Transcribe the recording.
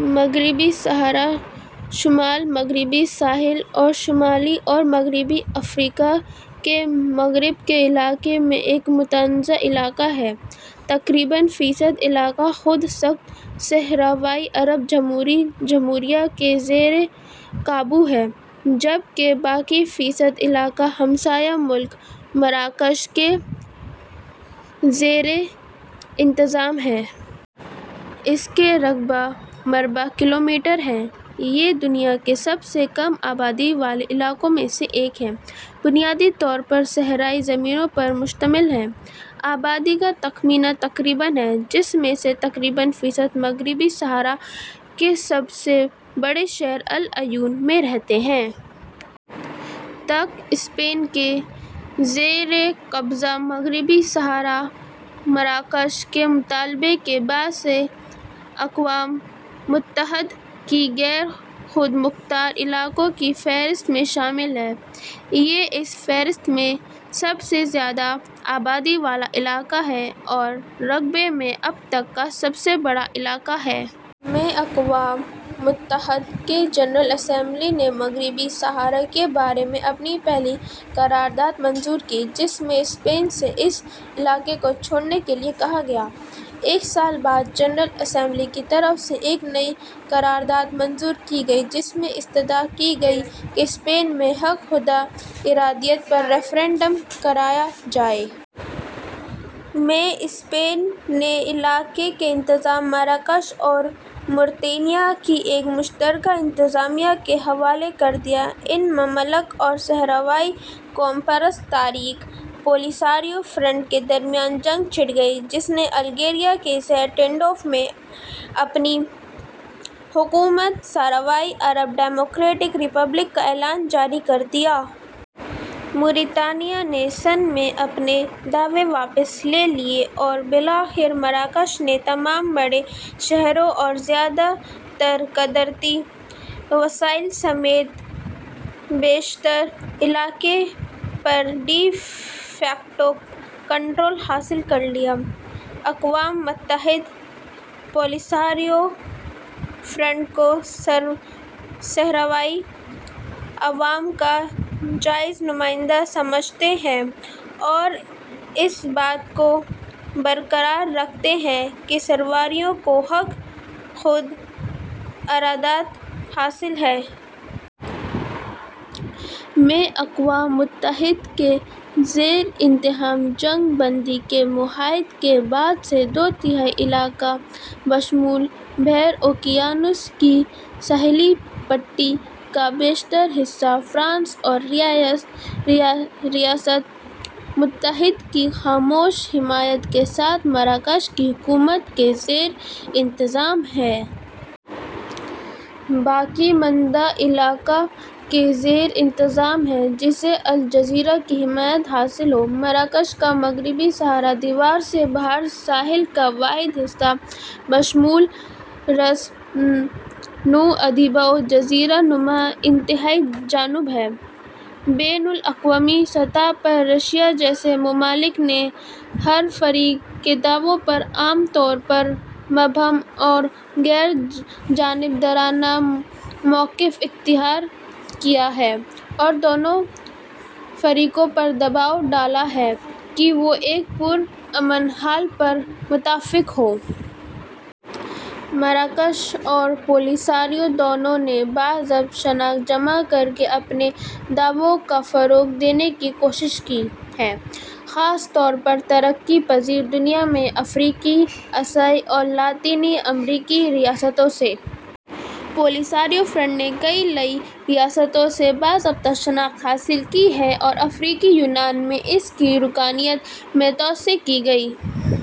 مغربی صحارا ، شمال مغربی ساحل اور شمالی اور مغربی افریقہ کے مغرب کے علاقے میں ایک متنازع علاقہ ہے۔ تقریباً فیصد علاقہ خود ساختہ صحراوی عرب جمہوری جمہوریہ کے زیر قابو ہے، جب کہ بقیہ فیصد علاقہ ہمسایہ ملک مراکش کے زیر انتظام ہے۔ اس کا رقبہ مربع کلومیٹر ہے۔ یہ دنیا کے سب سے کم آبادی والے علاقوں میں سے ایک ہے ، بنیادی طور پر صحرائی زمینوں پر مشتمل ہے۔ آبادی کا تخمینہ تقریباً ہے، جس میں سے تقریباً فیصد مغربی صحارا کے سب سے بڑے شہر العیون میں رہتے ہیں۔ ء تک اسپین کے زیر قبضہ، مغربی صحارا مراکش کے مطالبے کے بعد ء سے اقوام متحدہ کی غیر خود مختار علاقوں کی فہرست میں شامل ہے۔ یہ اس فہرست میں سب سے زیادہ آبادی والا علاقہ ہے اور رقبے میں اب تک کا سب سے بڑا علاقہ ہے۔ ء میں، اقوام متحدہ کی جنرل اسمبلی نے مغربی صحارا کے بارے میں اپنی پہلی قرارداد منظور کی، جس میں اسپین سے اس علاقے کو چھوڑنے کے لیے کہا گیا۔ ایک سال بعد، جنرل اسمبلی کی طرف سے ایک نئی قرارداد منظور کی گئی جس میں استدعا کی گئی کہ اسپین میں حق خود ارادیت پر ریفرنڈم کرایا جائے۔ میں، اسپین نے علاقہ کا انتظام مراکش اور موریطانیہ کی ایک مشترکہ انتظامیہ کے حوالے کر دیا۔ ان ممالک اور صحراوی قوم پرست تحریک، پولیساریو فرنٹ کے درمیان جنگ چھڑ گئی، جس نے الجزائر کے شہر تندوف میں اپنی حکومت صحراوی عرب ڈیموکریٹک ریپبلک کا اعلامیہ جاری کر دیا۔ موریطانیہ نے سنہ ء میں اپنے دعوے واپس لے لیے اور بالآخر مراکش نے تمام بڑے شہروں اور زیادہ تر قدرتی وسائل سمیت بیشتر علاقے پر ڈی فیکٹو کنٹرول حاصل کر لیا۔ اقوام متحدہ پولیساریو فرنٹ کو صحراوی عوام کا جائز نمائندہ سمجھتی ہے اور اس بات کو برقرار رکھتی ہے کہ صحرائیوں کو حق خود ارادیت حاصل ہے۔ ء میں اقوام متحدہ کے زیر اہتمام جنگ بندی کے معاہدے کے بعد سے، دو تہائی علاقہ، بشمول بحر اوقیانوس کی ساحلی پٹی کا بیشتر حصہ، فرانس اور ریاستہائے متحدہ کی خاموش حمایت کے ساتھ، مراکش کی حکومت کے زیر انتظام ہے۔ باقی ماندہ علاقہ کے زیر انتظام ہے، جسے الجزائر کی حمایت حاصل ہے۔ مراکش کا مغربی صحارا دیوار سے باہر ساحل کا واحد حصہ بشمول راس نوادیبو جزیرہ نما، انتہائی جنوب ہے۔ بین الاقوامی سطح پر، روس جیسے ممالک نے ہر فریق کے دعووں پر عام طور پر مبہم اور غیر جانبدارانہ موقف اختیار کیا ہے اور دونوں فریقوں پر دباؤ ڈالا ہے کہ وہ ایک پرامن حل پر متفق ہوں۔ مراکش اور پولیساریو دونوں نے باضابطہ شناخت جمع کر کے اپنے دعووں کو فروغ دینے کی کوشش کی ہے، خاص طور پر ترقی پزیر دنیا میں افریقی، ایشیائی اور لاطینی امریکی ریاستوں سے۔ پولساریو فرنٹ نے کے لیے ریاستوں سے باضابطہ شناخت حاصل کی ہے اور افریقی یونین میں اس کی رکنیت میں توسیع کی گئی ہے۔